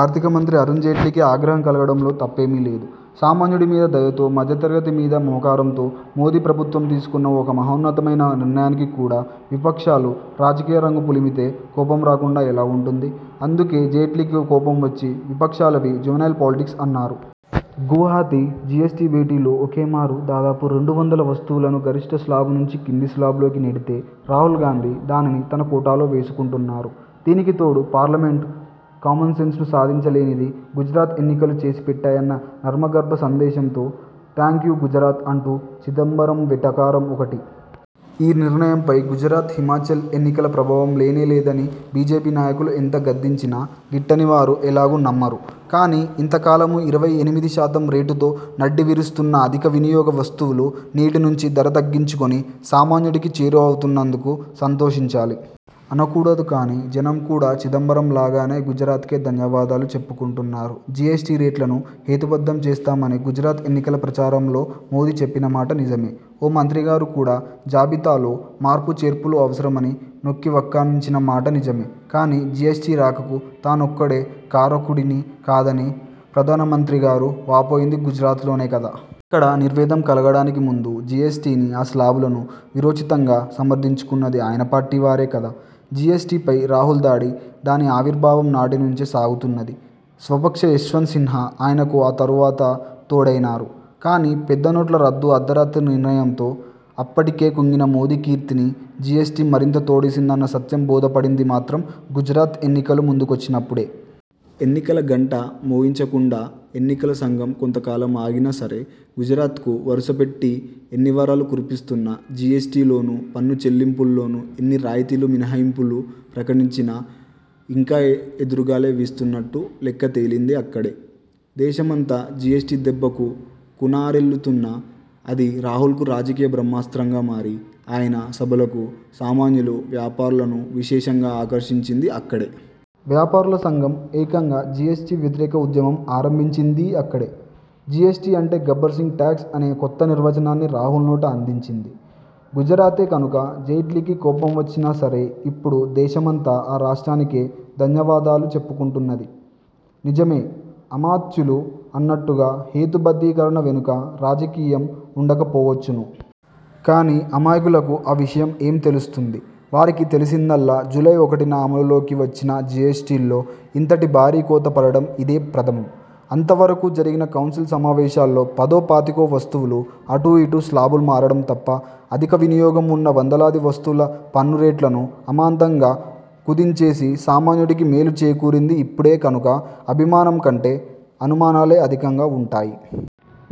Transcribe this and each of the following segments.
ఆర్థిక మంత్రి అరుణ్జైట్లీకి ఆగ్రహం కలగడంలో తప్పేమీ లేదు. సామాన్యుడి మీద దయతో, మధ్య తరగతి మీద మమ కారంతో మోదీ ప్రభుత్వం తీసుకున్న ఒక మహోన్నతమైన నిర్ణయానికి కూడా విపక్షాలు రాజకీయ రంగు పులిమితే కోపం రాకుండా ఎలా ఉంటుంది? అందుకే జైట్లీకి కోపం వచ్చి విపక్షాలవి 'జువనైల్ పాలిటిక్స్' అన్నారు. గువాహతీ జీఎస్టీ భేటీలో ఒకే మారు దాదాపు రెండు వందల వస్తువులను గరిష్ట స్లాబు నుంచి కింద స్లాబులోకి నెడితే, రాహుల్గాంధీ దానిని తన కోటాలో వేసుకుంటున్నారు. దీనికి తోడు, పార్లమెంటు, కామన్సెన్సూ సాధించ లేనిది గుజరాత్ ఎన్నికలు చేసి పెట్టాయన్న నర్మగర్భ సందేశంతో 'థాంక్యూ గుజరాత్' అంటూ చిదంబరం వెటకారం ఒకటి. ఈ నిర్ణయంపై గుజరాత్, హిమాచల్ ఎన్నికల ప్రభావం లేనే లేదని బీజేపీ నాయకులు ఎంత గద్దించినా గిట్టని వారు ఎలాగూ నమ్మరు కానీ, ఇంత కాలమూ ఇరవై ఎనిమిది శాతం రేటుతో నడ్డి విరుస్తున్న అధిక వినియోగ వస్తువులు నేటి నుంచి ధర తగ్గించుకొని సామాన్యుడికి చేరువవుతున్నందుకు సంతోషించాలి. అనకూడదు కానీ, జనం కూడా చిదంబరం లాగానే గుజరాత్కే ధన్యవాదాలు చెప్పుకుంటున్నారు. జీఎస్టీ రేట్లను హేతు బద్ధం చేస్తామని గుజరాత్ ఎన్నికల ప్రచారంలో మోదీ చెప్పినమాట నిజమే. ఓ మంత్రి గారు కూడా జాబితాలో మార్పు చేర్పులు అవసరమని నొక్కివక్కాణించిన మాటా నిజమే. కానీ, జీఎస్టీ రాకకు తానొక్కడే కారకుడిని కాదని ప్రధానమంత్రి గారు వాపోయింది గుజరాత్లోనే కదా! అక్కడ నిర్వేదం కలగడానికి ముందు జీఎస్టీనీ, ఆ శ్లాబులనూ వీరోచితంగా సమర్థించుకున్నది ఆయన పార్టీ వారే కదా! జీఎస్టీపై రాహుల్ దాడి దాని ఆవిర్భావం నాటినుంచే సాగుతున్నది. స్వపక్ష యశ్వంత్ సిన్హా ఆయనకు ఆ తరువాత తోడైనారు. కానీ, పెద్ద నోట్ల రద్దు అర్థరాత్రి నిర్ణయంతో అప్పటికే కుంగిన మోదీ కీర్తిని జీఎస్టీ మరింత తోడేసిందన్న సత్యం బోధపడింది మాత్రం గుజరాత్ ఎన్నికలు ముందు కొచ్చినప్పుడే. ఎన్నికల గంట మోగించకుండా ఎన్నికల సంఘం కొంత కాలం ఆగినా సరే, గుజరాత్కు వరుసపెట్టి ఎన్నివరాలు కురిపిస్తున్నా, జీఎస్టీ లోనూ, పన్ను చెల్లింపు ల్లోనూ ఎన్ని రాయితీలూ మినహాయింపులూ ప్రకటించినా ఇంకా ఎదురుగాలే వీస్తున్నట్టు లెక్క తేలిందీ అక్కడే. దేశమంతా జీఎస్టీ దెబ్బకు కునారిల్లుతున్నా, అది రాహుల్కు రాజకీయ బ్రహ్మాస్త్రంగా మారి, ఆయన సభలకు సామాన్యులూ, వ్యాపారులను విశేషంగా ఆకర్షించిందీ అక్కడే. వ్యాపారుల సంఘం ఏకంగా జీఎస్టీ వ్యతిరేక ఉద్యమం ఆరంభించిందీ అక్కడే. జీఎస్టీ అంటే 'గబ్బర్ సింగ్ టాక్స్' అనే కొత్త నిర్వచనాన్ని రాహుల్నోట అందించింది గుజరాతే కనుక, జైట్లీకి కోపం వచ్చినా సరే, ఇప్పుడు దేశమంతా ఆ రాష్ట్రానికే ధన్యవాదాలు చెప్పుకుంటున్నది. నిజమే, అమాత్యులు అన్నట్టుగా హేతు బద్ధీకరణ వెనుక రాజకీయం ఉండక పోవచ్చును. కానీ, అమాయకులకు ఆ విషయం ఏం తెలుస్తుంది? వారికి తెలిసిందల్లా జూలై ఒకటిన అమలులోకి వచ్చిన జీఎస్టీలో ఇంతటి భారీ కోత పడటం ఇదే ప్రథమం. అంత వరకూ జరిగిన కౌన్సిల్ సమావేశాల్లో పదో పాతికో వస్తువులు అటూ ఇటూ స్లాబులు మారడం తప్ప, అధిక వినియోగం ఉన్న వందలాది వస్తువుల పన్నురేట్లను అమాంతంగా కుదించేసి సామాన్యుడికి మేలు చేకూరింది ఇప్పుడే కనుక, అభిమానం కంటే అనుమానాలే అధికంగా ఉంటాయి.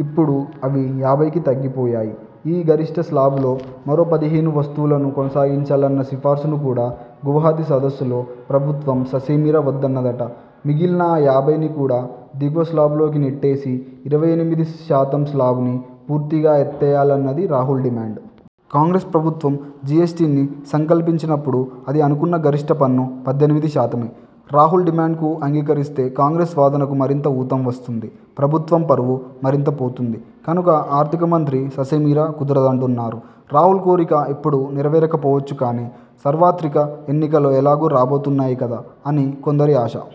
ఇప్పుడు అవి యాభైకి తగ్గిపోయాయి. ఈ గరిష్ట స్లాబులో మరో పదిహేను వస్తువులను కొనసాగించాలన్న సిఫార్సును కూడా గువాహతీ సదస్సులో ప్రభుత్వం ససేమిరా వద్దన్నదట. మిగిలిన ఆ యాభైని కూడా దిగువ స్లాబులోకి నెట్టేసి, ఇరవై ఎనిమిది శాతం స్లాబుని పూర్తిగా ఎత్తేయాలన్నది రాహుల్ డిమాండ్. కాంగ్రెస్ ప్రభుత్వం జీఎస్టీని సంకల్పించినప్పుడు అది అనుకున్న గరిష్ట పన్ను పద్దెనిమిది శాతమే. రాహుల్ డిమాండ్కు అంగీకరిస్తే కాంగ్రెస్ వాదనకు మరింత ఊతం వస్తుంది, ప్రభుత్వం పరువు మరింత పోతుంది కనుక ఆర్థిక మంత్రి ససేమిరా కుదరదంటున్నారు. రాహుల్ కోరిక ఇప్పుడు నెరవేరకపోవచ్చును కానీ, సార్వత్రిక ఎన్నికలు ఎలాగూ రాబోతున్నాయి కదా అని కొందరి ఆశ.